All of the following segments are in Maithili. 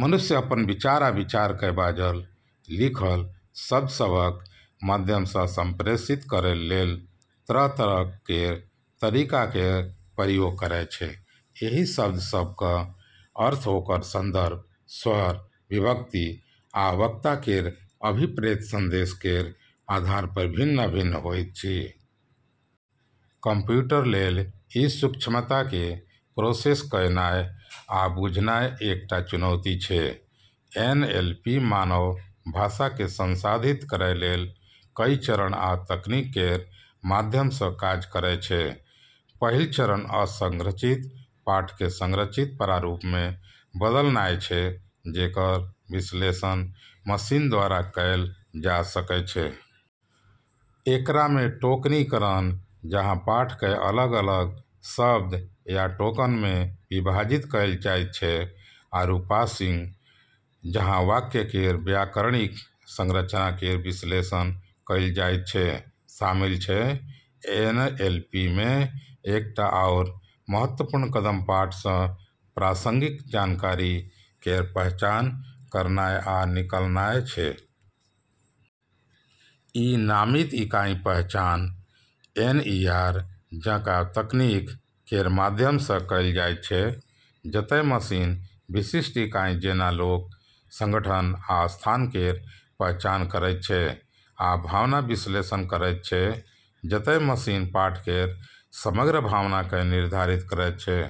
मनुष्य अपन विचार आ विचार केँ बाजल -लिखल शब्द सभक माध्यम सँ संप्रेषित करै लेल तरह-तरह केर तरीका केर प्रयोग करै छै। एहि शब्द सभक अर्थ ओकर संदर्भ, स्वर, विभक्ति आ वक्ता केर अभिप्रेत संदेश केर आधार पर भिन्न-भिन्न होइत अछि। कंप्यूटर लेल ई सूक्ष्मता केँ प्रोसेस कयनाय आ बुझनाय एक टा चुनौती छै। एन एल पी मानव भाषा केँ संसाधित करै लेल कई चरण आ तकनीक केर माध्यम सँ काज करै छै। पहिल चरण असंरचित पाठ केँ संरचित प्रारूप मे बदलनाय छै जेकर विश्लेषण मशीन द्वारा कएल जा सकै छै। एकरा मे टोकनीकरण, जहाँ पाठ केँ अलग-अलग शब्द या टोकन मे विभाजित कएल जाइत छै, आरू पार्सिंग, जहाँ वाक्य केर व्याकरणिक संरचना केर विश्लेषण कएल जाइत छै, शामिल छै। एनएलपी मे एकटा आओर महत्वपूर्ण कदम पाठ सँ प्रासंगिक जानकारी केर पहचान करनाय आ निकालनाय छै। ई नामित इकाई पहचान (एनईआर) जकाँ तकनीक केर माध्यम सँ कएल जाइत छै, जतय मशीन विशिष्ट इकाई जेंना लोक, संगठन, आ स्थान केर पहचान करैत छै, आ भावना विश्लेषण करैत छै, जतय मशीन पाठ केर समग्र भावना केँ निर्धारित करैत छै।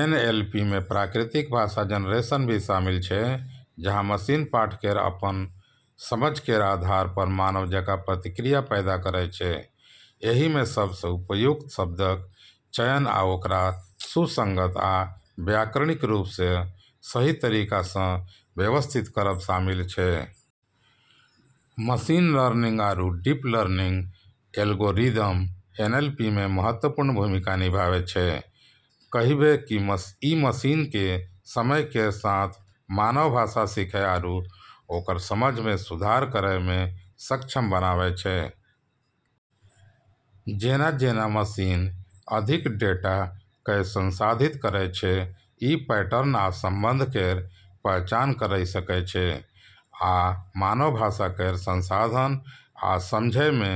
एनएलपी मे प्राकृतिक भाषा जनरेशन भी शामिल छै, जहाँ मशीन पाठ केर अपन समझ केर आधार पर मानव जकाँ प्रतिक्रिया पैदा करै छै। एहि मे सबसँ उपयुक्त शब्दक चयन आ ओकरा सुसंगत आ व्याकरणिक रूप सँ सही तरीका सँ व्यवस्थित करब शामिल अछि। मशीन लर्निंग आरू डीप लर्निंग एल्गोरिदम एनएलपी मे महत्वपूर्ण भूमिका निभाबै छै, कहिबे कि ई मशीन केँ समय केर साथ मानव भाषा सीखै आरू ओकर समझ मे सुधार करै मे सक्षम बनाबै छै। जेना-जेना मशीन अधिक डेटा केँ संसाधित करै छै, ई पैटर्न आ संबंध केर पहचान करै सकै छै, आ मानव भाषा केर संसाधन आ समझै मे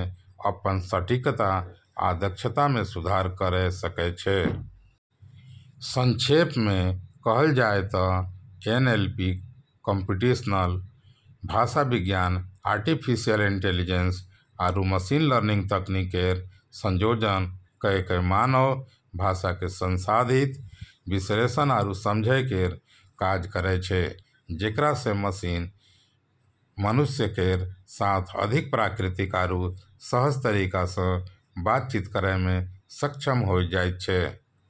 अपन सटीकता आ दक्षता मे सुधार करै सकै छै। संक्षेप मे कहल जाय तँ एनएलपी कम्प्यूटेशनल भाषाविज्ञान, आर्टिफिशियल इंटेलिजेंस, आरू मशीन लर्निंग तकनीक केर संयोजन कऽ कऽ मानव भाषा केँ संसाधित, विश्लेषण आरू समझै केर काज करै छै, जेकरा सँ मशीन मनुष्य केर साथ अधिक प्राकृतिक आरू सहज तरीका सँ बातचीत करै मे सक्षम होय जाइत छै।